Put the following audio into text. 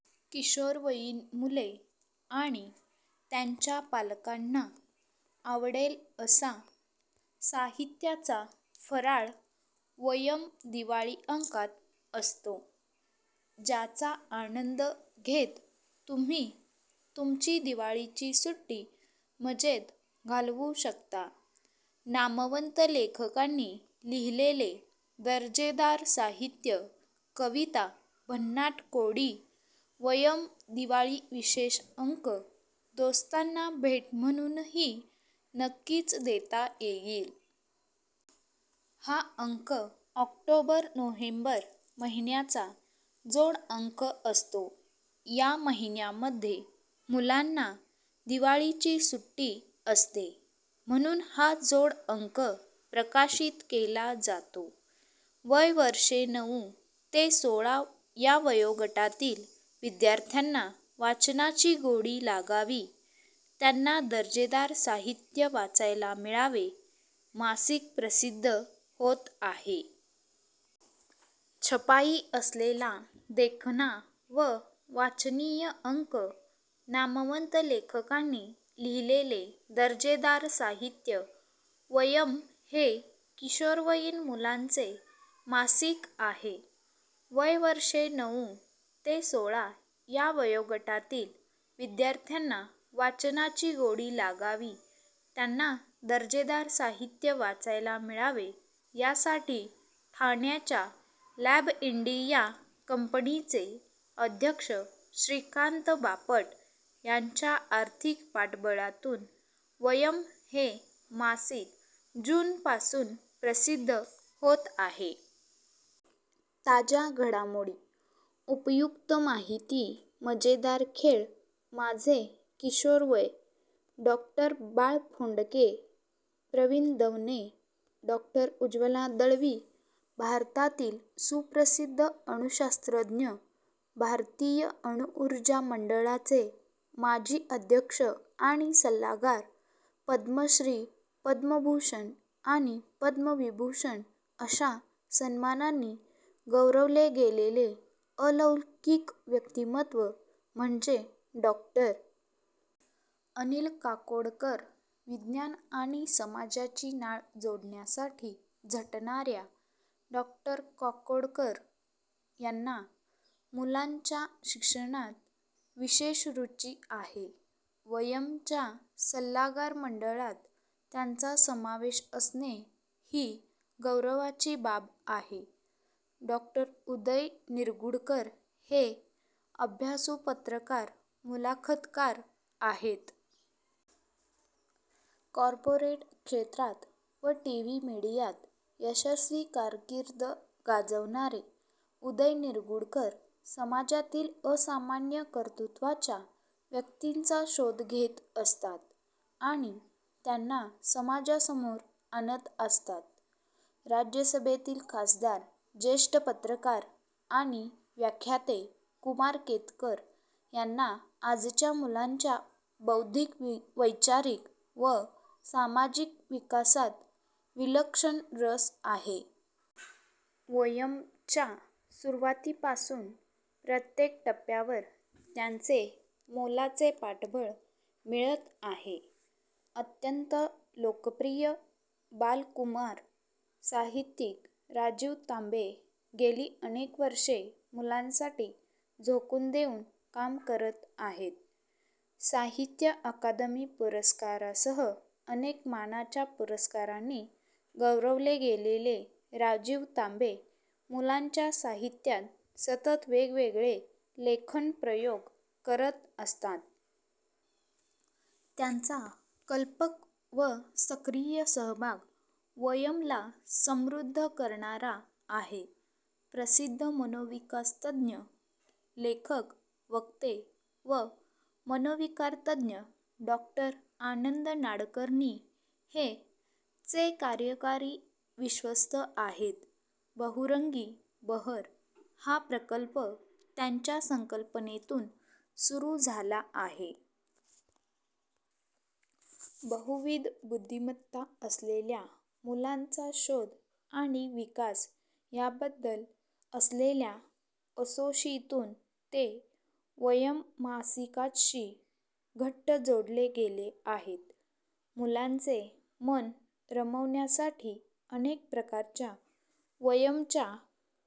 किशोरवयीन मुले आणि त्यांच्या पालकांना आवडेल असा साहित्याचा फराळ वयम दिवाळी अंकात असतो. ज्याचा आनंद घेत तुम्ही तुमची दिवाळीची सुट्टी मजेत घालवू शकता. नामवंत लेखकांनी लिहिलेले दर्जेदार साहित्य, कविता, भन्नाट कोडी, वयम दिवाळी विशेष अंक दोस्तांना भेट म्हणूनही नक्कीच देता येईल. हा अंक ऑक्टोबर-नोव्हेंबर महिन्याचा जोड अंक असतो. या महिन्यामध्ये मुलांना दिवाळीची सुट्टी असते. म्हणून हा जोड अंक प्रकाशित केला जातो. वय वर्षे नऊ ते सोळा या वयोगटातील विद्यार्थ्यांना वाचनाची गोडी लागावी, त्यांना दर्जेदार साहित्य वाचायला मिळावे, मासिक प्रसिद्ध होत आहे. छपाई असलेला देखणा व वाचनीय अंक नामवंत लेखकांनी लिहिलेले दर्जेदार साहित्य वयम हे किशोरवयीन मुलांचे मासिक आहे. वय वर्षे नऊ ते सोळा या वयोगटातील विद्यार्थ्यांना वाचनाची गोडी लागावी, त्यांना दर्जेदार साहित्य वाचायला मिळावे, यासाठी ठाण्याच्या लॅबइंडिया कंपनीचे अध्यक्ष श्रीकांत बापट यांच्या आर्थिक पाठबळातून वयम हे मासिक जून पासून प्रसिद्ध होत आहे. ताज्या घडामोडी, उपयुक्त माहिती मजेदार खेळ माझे किशोरवय डॉ. बाळ फोंडके प्रवीण दवणे डॉ. उज्ज्वला दळवी भारतातील सुप्रसिद्ध अणुशास्त्रज्ञ, भारतीय अणुऊर्जा मंडळाचे माजी अध्यक्ष आणि सल्लागार, पद्मश्री, पद्मभूषण आणि पद्मविभूषण अशा सन्मानांनी गौरवले गेलेले अलौकिक व्यक्तिमत्त्व म्हणजे डॉ. अनिल काकोडकर. विज्ञान आणि समाजाची नाळ जोडण्यासाठी झटणाऱ्या डॉ. काकोडकर यांना मुलांच्या शिक्षणात विशेष रुची आहे. वयम च्या सल्लागार मंडळात त्यांचा समावेश असणे, ही गौरवाची बाब आहे. डॉ. उदय निरगुडकर हे अभ्यासू पत्रकार, मुलाखतकार आहेत. कॉर्पोरेट क्षेत्रात व टीव्ही मिडियात यशस्वी कारकीर्द गाजवणारे उदय निरगुडकर समाजातील असामान्य कर्तृत्वाच्या व्यक्तींचा शोध घेत असतात आणि त्यांना समाजासमोर आणत असतात. राज्यसभेतील खासदार, ज्येष्ठ पत्रकार आणि व्याख्याते कुमार केतकर यांना आजच्या मुलांच्या बौद्धिक, वैचारिक व सामाजिक विकासात विलक्षण रस आहे. वयम् च्या सुरुवातीपासून प्रत्येक टप्प्यावर त्यांचे मोलाचे पाठबळ मिळत आहे. अत्यंत लोकप्रिय बाल-कुमार साहित्यिक राजीव तांबे गेली अनेक वर्षे मुलांसाठी झोकून देऊन काम करत आहेत. साहित्य अकादमी पुरस्कारासह अनेक मानाच्या पुरस्कारांनी गौरवले गेलेले राजीव तांबे मुलांच्या साहित्यात सतत वेगवेगळे लेखन-प्रयोग करत असतात. त्यांचा कल्पक व सक्रीय सहभाग वयम ला समृद्ध करणारा आहे. प्रसिद्ध मनोविकासतज्ज्ञ, लेखक, वक्ते व मनोविकारतज्ज्ञ डॉ. आनंद नाडकर्णी हे चे कार्यकारी विश्वस्त आहेत. बहुरंगी बहर हा प्रकल्प त्यांच्या संकल्पनेतून सुरू झाला आहे. बहुविध बुद्धिमत्ता असलेल्या मुलांचा शोध आणि विकास याबद्दल असलेल्या असोशीतून ते वयम मासिकाशी घट्ट जोडले गेले आहेत. मुलांचे मन रमवण्यासाठी अनेक प्रकारच्या वयम च्या